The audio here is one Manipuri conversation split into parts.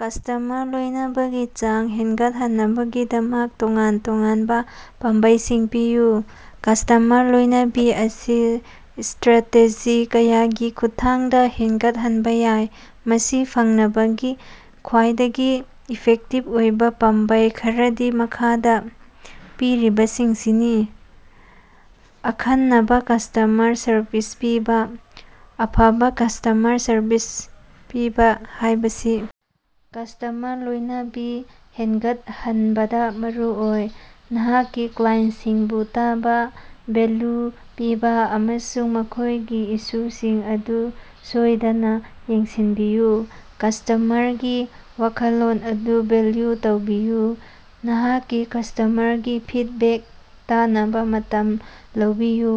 ꯀꯁ꯭ꯇꯃꯔ ꯂꯣꯏꯅꯕꯒꯤ ꯆꯥꯡ ꯍꯦꯟꯒꯠꯍꯟꯅꯕꯒꯤꯗꯃꯛ ꯇꯣꯉꯥꯟ-ꯇꯣꯉꯥꯟꯕꯥ ꯄꯥꯝꯕꯩꯁꯤꯡ ꯄꯤꯌꯨ꯫ ꯀꯁ꯭ꯇꯃꯔ ꯂꯣꯏꯅꯕꯤ ꯑꯁꯤ ꯏꯁꯇ꯭ꯔꯥꯇꯦꯖꯤ ꯀꯌꯥꯒꯤ ꯈꯨꯠꯊꯥꯡꯗꯥ ꯍꯦꯟꯒꯠꯍꯟꯕꯥ ꯌꯥꯏ꯫ ꯃꯁꯤ ꯐꯪꯅꯕꯒꯤ ꯈ꯭ꯋꯥꯏꯗꯒꯤ ꯏꯐꯦꯛꯇꯤꯚ ꯑꯣꯏꯕꯥ ꯄꯥꯝꯕꯩ ꯈꯔꯗꯤ ꯃꯈꯥꯗꯥ ꯄꯤꯔꯤꯕꯁꯤꯡꯁꯤꯅꯤ: ꯑꯈꯟꯅꯕꯥ ꯀꯁ꯭ꯇꯃꯔ ꯁꯔꯚꯤꯁ ꯄꯤꯕꯥ: ꯑꯐꯕꯥ ꯀꯁ꯭ꯇꯃꯔ ꯁꯔꯚꯤꯁ ꯄꯤꯕꯥ ꯍꯥꯏꯕꯁꯤ ꯀꯁ꯭ꯇꯃꯔ ꯂꯣꯏꯅꯕꯤ ꯍꯦꯟꯒꯠꯍꯟꯕꯗꯥ ꯃꯔꯨ ꯑꯣꯏ꯫ ꯅꯍꯥꯛꯀꯤ ꯀ꯭ꯂꯥꯏꯟꯁꯤꯡꯕꯨ ꯇꯥꯕꯥ, ꯚꯦꯜꯂꯨ ꯄꯤꯕꯥ ꯑꯃꯁꯨꯡ ꯃꯈꯣꯏꯒꯤ ꯏꯁꯨꯁꯤꯡ ꯑꯗꯨ ꯁꯣꯏꯗꯅꯥ ꯌꯦꯡꯁꯤꯟꯕꯤꯌꯨ꯫ ꯀꯁ꯭ꯇꯃꯔꯒꯤ ꯋꯥꯈꯜꯂꯣꯟ ꯑꯗꯨ ꯚꯦꯜꯌꯨ ꯇꯧꯕꯤꯌꯨ: ꯅꯍꯥꯛꯀꯤ ꯀꯁ꯭ꯇꯃꯔꯒꯤ ꯐꯤꯗꯕꯦꯛ ꯇꯥꯅꯕꯥ ꯃꯇꯝ ꯂꯧꯕꯤꯌꯨ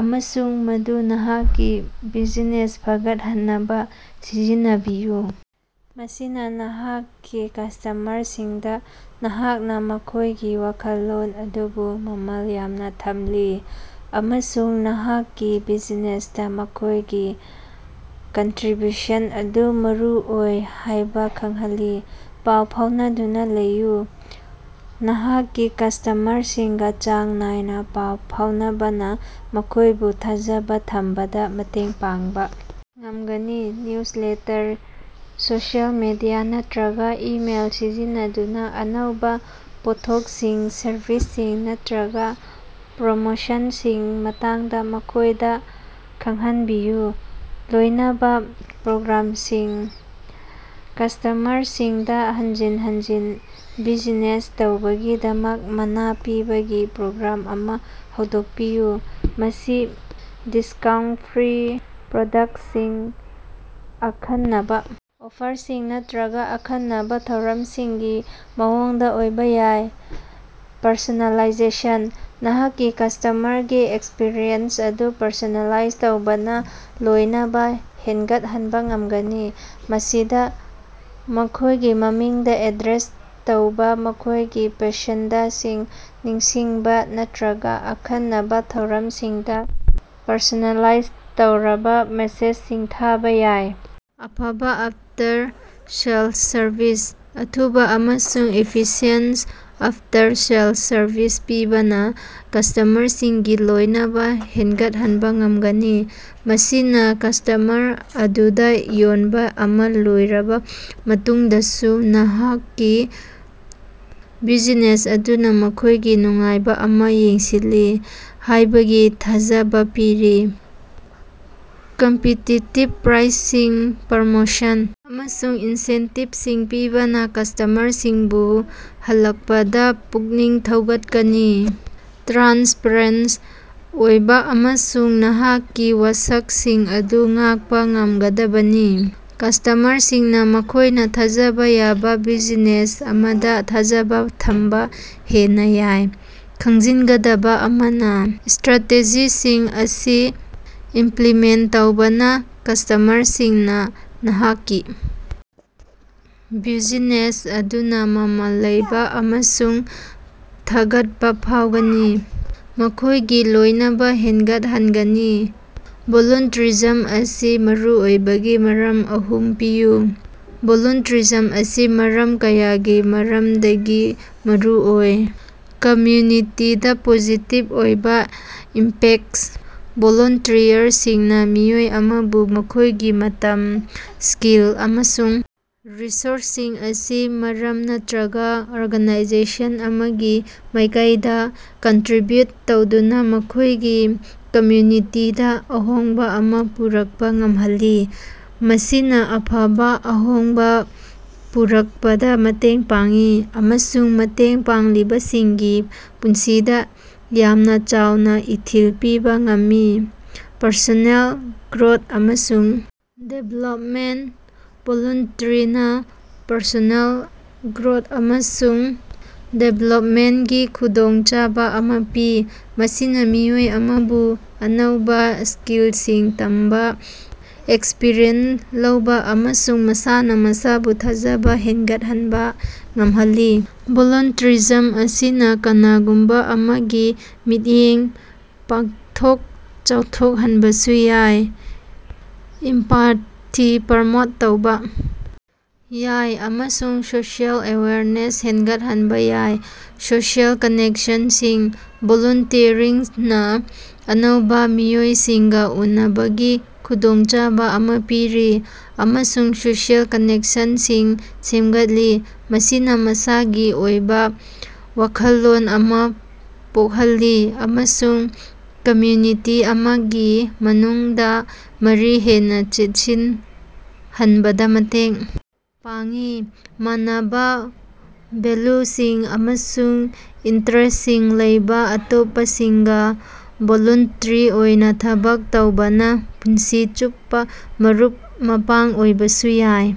ꯑꯃꯁꯨꯡ ꯃꯗꯨ ꯅꯍꯥꯛꯀꯤ ꯕꯤꯖꯤꯅꯦꯁ ꯐꯒꯠꯍꯟꯅꯕꯥ ꯁꯤꯖꯤꯟꯅꯕꯤꯌꯨ꯫ ꯃꯁꯤꯅꯥ ꯅꯍꯥꯛꯀꯤ ꯀꯁ꯭ꯇꯃꯔꯁꯤꯡꯗꯥ ꯅꯍꯥꯛꯅꯥ ꯃꯈꯣꯏꯒꯤ ꯋꯥꯈꯜꯂꯣꯟ ꯑꯗꯨꯕꯨ ꯃꯃꯜ ꯌꯥꯝꯅꯥ ꯊꯝꯂꯤ ꯑꯃꯁꯨꯡ ꯅꯍꯥꯛꯀꯤ ꯕꯤꯖꯤꯅꯦꯁꯇꯥ ꯃꯈꯣꯏꯒꯤ ꯀꯟꯇ꯭ꯔꯤꯕ꯭ꯌꯨꯁꯟ ꯑꯗꯨ ꯃꯔꯨꯑꯣꯏ ꯍꯥꯏꯕꯥ ꯈꯪꯍꯜꯂꯤ꯫ ꯄꯥꯎ ꯐꯥꯎꯅꯗꯨꯅꯥ ꯂꯩꯌꯨ: ꯅꯍꯥꯛꯀꯤ ꯀꯁ꯭ꯇꯃꯔꯁꯤꯡꯒꯥ ꯆꯥꯡ ꯅꯥꯏꯅꯥ ꯄꯥꯎ ꯐꯥꯎꯅꯕꯅꯥ ꯃꯈꯣꯏꯕꯨ ꯊꯥꯖꯕꯥ ꯊꯝꯕꯗꯥ ꯃꯇꯦꯡ ꯄꯥꯡꯕꯥ ꯉꯝꯒꯅꯤ꯫ ꯅ꯭ꯌꯨꯖ ꯂꯦꯇꯔ, ꯁꯣꯁꯤꯑꯦꯜ ꯃꯤꯗꯤꯌꯥ ꯅꯠꯇ꯭ꯔꯒꯥ ꯏꯃꯦꯜ ꯁꯤꯖꯤꯟꯅꯗꯨꯅꯥ ꯑꯅꯧꯕꯥ ꯄꯣꯠꯊꯣꯛꯁꯤꯡ, ꯁꯔꯚꯤꯁꯁꯤꯡ ꯅꯠꯇ꯭ꯔꯒꯥ ꯄ꯭ꯔꯣꯃꯣꯁꯟꯁꯤꯡ ꯃꯇꯥꯡꯗꯥ ꯃꯈꯣꯏꯗꯥ ꯈꯪꯍꯟꯕꯤꯌꯨ꯫ ꯂꯣꯏꯅꯕ ꯄ꯭ꯔꯣꯒ꯭ꯔꯥꯝꯁꯤꯡ: ꯀꯁ꯭ꯇꯃꯔꯁꯤꯡꯗꯥ ꯍꯟꯖꯤꯟ ꯍꯟꯖꯤꯟ ꯕꯤꯖꯤꯅꯦꯁ ꯇꯧꯕꯒꯤꯗꯃꯛ ꯃꯅꯥ ꯄꯤꯕꯥꯒꯤ ꯄ꯭ꯔꯣꯒ꯭ꯔꯥꯝ ꯑꯃꯥ ꯍꯧꯗꯣꯛꯄꯤꯌꯨ꯫ ꯃꯁꯤ ꯗꯤꯁꯀꯥꯎꯟꯇ, ꯐ꯭ꯔꯤ ꯄ꯭ꯔꯗꯛꯁꯁꯤꯡ, ꯑꯈꯟꯅꯕꯥ ꯑꯣꯐꯔꯁꯤꯡ ꯅꯠꯇ꯭ꯔꯒꯥ ꯑꯈꯟꯅꯕꯥ ꯊꯧꯔꯝꯁꯤꯡꯒꯤ ꯃꯑꯣꯡꯗꯥ ꯑꯣꯏꯕꯥ ꯌꯥꯏ꯫ ꯄꯔꯁꯣꯅꯦꯂꯥꯏꯖꯦꯁꯟ: ꯅꯍꯥꯛꯀꯤ ꯀꯁ꯭ꯇꯃꯔꯒꯤ ꯑꯦꯛꯁꯄ꯭ꯔꯤꯌꯦꯟꯁ ꯑꯗꯨ ꯄꯔꯁꯣꯅꯦꯂꯥꯏꯖ ꯇꯧꯕꯅꯥ ꯂꯣꯏꯅꯕ ꯍꯦꯟꯒꯠꯍꯟꯕꯥ ꯉꯝꯒꯅꯤ꯫ ꯃꯁꯤꯗꯥ ꯃꯈꯣꯏꯒꯤ ꯃꯃꯤꯡꯗꯥ ꯑꯦꯗ꯭ꯔꯦꯁ ꯇꯧꯕꯥ, ꯃꯈꯣꯏꯒꯤ ꯄꯁꯟꯗꯁꯤꯡ ꯅꯤꯡꯁꯤꯡꯕꯥ ꯅꯠꯇ꯭ꯔꯒꯥ ꯑꯈꯟꯅꯕꯥ ꯊꯧꯔꯝꯁꯤꯡꯗꯥ ꯄꯔꯁꯣꯅꯦꯂꯥꯏꯖ ꯇꯧꯔꯕꯥ ꯃꯦꯁꯦꯖꯁꯤꯡ ꯊꯥꯕꯥ ꯌꯥꯏ꯫ ꯑꯐꯕꯥ ꯑꯞꯇꯔ-ꯁꯦꯜꯁ ꯁꯔꯕꯤꯁ: ꯑꯊꯨꯕꯥ ꯑꯃꯁꯨꯡ ꯏꯐꯤꯁꯤꯌꯦꯟꯁ ꯑꯐꯇꯔ-ꯁꯦꯜꯁ ꯁꯔꯕꯤꯁ ꯄꯤꯕꯅꯥ ꯀꯁ꯭ꯇꯃꯔꯁꯤꯡꯒꯤ ꯂꯣꯏꯅꯕ ꯍꯦꯟꯒꯠꯍꯟꯕꯥ ꯉꯝꯒꯅꯤ꯫ ꯃꯁꯤꯅꯥ ꯀꯁ꯭ꯇꯃꯔ ꯑꯗꯨꯗꯥ ꯌꯣꯟꯕꯥ ꯑꯃꯥ ꯂꯣꯏꯔꯕꯥ ꯃꯇꯨꯡꯗꯁꯨ ꯅꯍꯥꯛꯀꯤ ꯕ꯭ꯌꯨꯖꯤꯅꯦꯁ ꯑꯗꯨꯅꯥ ꯃꯈꯣꯏꯒꯤ ꯅꯨꯡꯉꯥꯏꯕꯥ ꯑꯃ ꯌꯦꯡꯁꯤꯜꯂꯤ ꯍꯥꯏꯕꯒꯤ ꯊꯥꯖꯕꯥ ꯄꯤꯔꯤ꯫ ꯀꯝꯄꯤꯇꯤꯇꯤꯞ ꯄ꯭ꯔꯥꯏꯁꯁꯤꯡ, ꯄ꯭ꯔꯃꯣꯁꯟ, ꯑꯃꯁꯨꯡ ꯏꯟꯁꯦꯟꯇꯤꯕꯁꯤꯡ ꯄꯤꯕꯅꯥ ꯀꯁ꯭ꯇꯃꯔꯁꯤꯡꯕꯨ ꯍꯜꯂꯛꯄꯗꯥ ꯄꯨꯛꯅꯤꯡ ꯊꯧꯒꯠꯀꯅꯤ꯫ ꯇ꯭ꯔꯥꯟꯁꯄꯔꯦꯟꯁ ꯑꯣꯏꯕꯥ ꯑꯃꯁꯨꯡ ꯅꯍꯥꯛꯀꯤ ꯋꯥꯁꯛꯁꯤꯡ ꯑꯗꯨ ꯉꯥꯛꯄꯥ ꯉꯝꯒꯗꯕꯅꯤ꯫ ꯀꯁ꯭ꯇꯃꯔꯁꯤꯡꯅꯥ ꯃꯈꯣꯏꯅꯥ ꯊꯥꯖꯕꯥ ꯌꯥꯕꯥ ꯕꯤꯖꯤꯅꯦꯁ ꯑꯃꯗꯥ ꯊꯥꯖꯕꯥ ꯊꯝꯕꯥ ꯍꯦꯟꯅꯥ ꯌꯥꯏ꯫ ꯈꯪꯖꯤꯟꯒꯗꯕꯥ ꯑꯃꯅꯥ, ꯏꯁꯇ꯭ꯔꯥꯇꯦꯖꯤꯁꯤꯡ ꯑꯁꯤ ꯏꯝꯄ꯭ꯂꯤꯃꯦꯟꯇ ꯇꯧꯕꯅꯥ ꯀꯁ꯭ꯇꯃꯔꯁꯤꯡꯅꯥ ꯅꯍꯥꯛꯀꯤ ꯕ꯭ꯌꯨꯖꯤꯅꯦꯁ ꯑꯗꯨꯅꯥ ꯃꯃꯜ ꯂꯩꯕꯥ ꯑꯃꯁꯨꯡ ꯊꯥꯒꯠꯄꯥ ꯐꯥꯎꯒꯅꯤ, ꯃꯈꯣꯏꯒꯤ ꯂꯣꯏꯅꯕ ꯍꯦꯟꯒꯠꯍꯟꯒꯅꯤ꯫ ꯚꯣꯂꯨꯟꯇ꯭ꯔꯤꯖꯝ ꯑꯁꯤ ꯃꯔꯨꯑꯣꯏꯕꯒꯤ ꯃꯔꯝ ꯑꯍꯨꯝ ꯄꯤꯌꯨ꯫ ꯚꯣꯂꯨꯟꯇ꯭ꯔꯤꯖꯝ ꯑꯁꯤ ꯃꯔꯝ ꯀꯌꯥꯒꯤ ꯃꯔꯝꯗꯒꯤ ꯃꯔꯨꯑꯣꯏ: ꯀꯝꯃ꯭ꯌꯨꯅꯤꯇꯤꯗꯥ ꯄꯣꯖꯤꯇꯤꯚ ꯑꯣꯏꯕꯥ ꯏꯝꯄꯦꯛꯁ: ꯚꯣꯂꯨꯟꯇ꯭ꯔꯤꯌꯔꯁꯤꯡꯅꯥ ꯃꯤꯑꯣꯏ ꯑꯃꯕꯨ ꯃꯈꯣꯏꯒꯤ ꯃꯇꯝ, ꯁ꯭ꯀꯤꯜ ꯑꯃꯁꯨꯡ ꯔꯤꯁꯣꯔꯁꯁꯤꯡ ꯑꯁꯤ ꯃꯔꯝ ꯅꯠꯇ꯭ꯔꯒꯥ ꯑꯣꯔꯒꯥꯅꯥꯏꯖꯦꯁꯟ ꯑꯃꯒꯤ ꯃꯥꯏꯀꯩꯗꯥ ꯀꯟꯇ꯭ꯔꯤꯕ꯭ꯌꯨꯠ ꯇꯧꯗꯨꯅꯥ ꯃꯈꯣꯏꯒꯤ ꯀꯝꯃ꯭ꯌꯨꯅꯤꯇꯤꯗꯥ ꯑꯍꯣꯡꯕꯥ ꯑꯃꯥ ꯄꯨꯔꯛꯄꯥ ꯉꯝꯍꯜꯂꯤ꯫ ꯃꯁꯤꯅꯥ ꯑꯐꯕꯥ ꯑꯍꯣꯡꯕꯥ ꯄꯨꯔꯛꯄꯗꯥ ꯃꯇꯦꯡ ꯄꯥꯡꯏ ꯑꯃꯁꯨꯡ ꯃꯇꯦꯡ ꯄꯥꯡꯂꯤꯕꯁꯤꯡꯒꯤ ꯄꯨꯟꯁꯤꯗꯥ ꯌꯥꯝꯅꯥ ꯆꯥꯎꯅꯥ ꯏꯊꯤꯜ ꯄꯤꯕꯥ ꯉꯝꯃꯤ꯫ ꯄꯔꯁꯣꯅꯦꯜ ꯒ꯭ꯔꯣꯠ ꯑꯃꯁꯨꯡ ꯗꯦꯚ꯭ꯂꯞꯃꯦꯟꯇ: ꯚꯣꯂꯨꯟꯇ꯭ꯔꯤꯅꯥ ꯄꯔꯁꯣꯅꯦꯜ ꯒ꯭ꯔꯣꯠ ꯑꯃꯁꯨꯡ ꯗꯦꯚ꯭ꯂꯞꯃꯦꯟꯇꯒꯤ ꯈꯨꯗꯣꯡꯆꯥꯕꯥ ꯑꯃꯥ ꯄꯤ꯫ ꯃꯁꯤꯅꯥ ꯃꯤꯑꯣꯏ ꯑꯃꯕꯨ ꯑꯅꯧꯕꯥ ꯁ꯭ꯀꯤꯜꯁꯤꯡ ꯇꯝꯕꯥ, ꯑꯦꯛꯁꯄ꯭ꯔꯤꯌꯦꯟ ꯂꯧꯕꯥ ꯑꯃꯁꯨꯡ ꯃꯁꯥꯅꯥ ꯃꯁꯥꯕꯨ ꯊꯥꯖꯕꯥ ꯍꯦꯟꯒꯠꯍꯟꯕꯥ ꯉꯝꯍꯜꯂꯤ꯫ ꯚꯣꯂꯨꯟꯇ꯭ꯔꯤꯖꯝ ꯑꯁꯤꯅꯥ ꯀꯅꯥꯒꯨꯝꯕꯥ ꯑꯃꯒꯤ ꯃꯤꯠꯌꯦꯡ ꯄꯥꯛꯊꯣꯛ-ꯆꯥꯎꯊꯣꯛꯍꯟꯕꯁꯨ ꯌꯥꯏ, ꯏꯝꯄꯥꯊꯤ ꯄ꯭ꯔꯃꯣꯠ ꯇꯧꯕꯥ ꯌꯥꯏ ꯑꯃꯁꯨꯡ ꯁꯣꯁꯤꯑꯦꯜ ꯑꯦꯋꯦꯌꯔꯅꯦꯁ ꯍꯦꯟꯒꯠꯍꯟꯕꯥ ꯌꯥꯏ꯫ ꯁꯣꯁꯤꯑꯦꯜ ꯀꯅꯦꯛꯁꯟꯁꯤꯡ: ꯚꯣꯂꯨꯟꯇꯤꯌꯔꯤꯡꯅꯥ ꯑꯅꯧꯕꯥ ꯃꯤꯑꯣꯏꯁꯤꯡꯒꯥ ꯎꯅꯕꯒꯤ ꯈꯨꯗꯣꯡꯆꯥꯕꯥ ꯑꯃꯥ ꯄꯤꯔꯤ ꯑꯃꯁꯨꯡ ꯁꯣꯁꯤꯑꯦꯜ ꯀꯅꯦꯛꯁꯟꯁꯤꯡ ꯁꯦꯝꯒꯠꯂꯤ꯫ ꯃꯁꯤꯅꯥ ꯃꯁꯥꯒꯤ ꯑꯣꯏꯕꯥ ꯋꯥꯈꯜꯂꯣꯟ ꯑꯃꯥ ꯄꯣꯛꯍꯜꯂꯤ ꯑꯃꯁꯨꯡ ꯀꯝꯃ꯭ꯌꯨꯅꯤꯇꯤ ꯑꯃꯒꯤ ꯃꯅꯨꯡꯗꯥ ꯃꯔꯤ ꯍꯦꯟꯅꯥ ꯆꯦꯠꯁꯤꯜꯍꯟꯕꯗꯥ ꯃꯇꯦꯡ ꯄꯥꯡꯏ꯫ ꯃꯥꯟꯅꯕꯥ ꯚꯦꯜꯂꯨꯁꯤꯡ ꯑꯃꯁꯨꯡ ꯏꯟꯇꯔꯦꯁꯁꯤꯡ ꯂꯩꯕꯥ ꯑꯇꯣꯞꯄꯁꯤꯡꯒꯥ ꯚꯣꯂꯨꯟꯇ꯭ꯔꯤ ꯑꯣꯏꯅꯥ ꯊꯕꯛ ꯇꯧꯕꯅꯥ ꯄꯨꯟꯁꯤ ꯆꯨꯞꯄꯥ ꯃꯔꯨꯞ-ꯃꯄꯥꯡ ꯑꯣꯏꯕꯁꯨ ꯌꯥꯏ꯫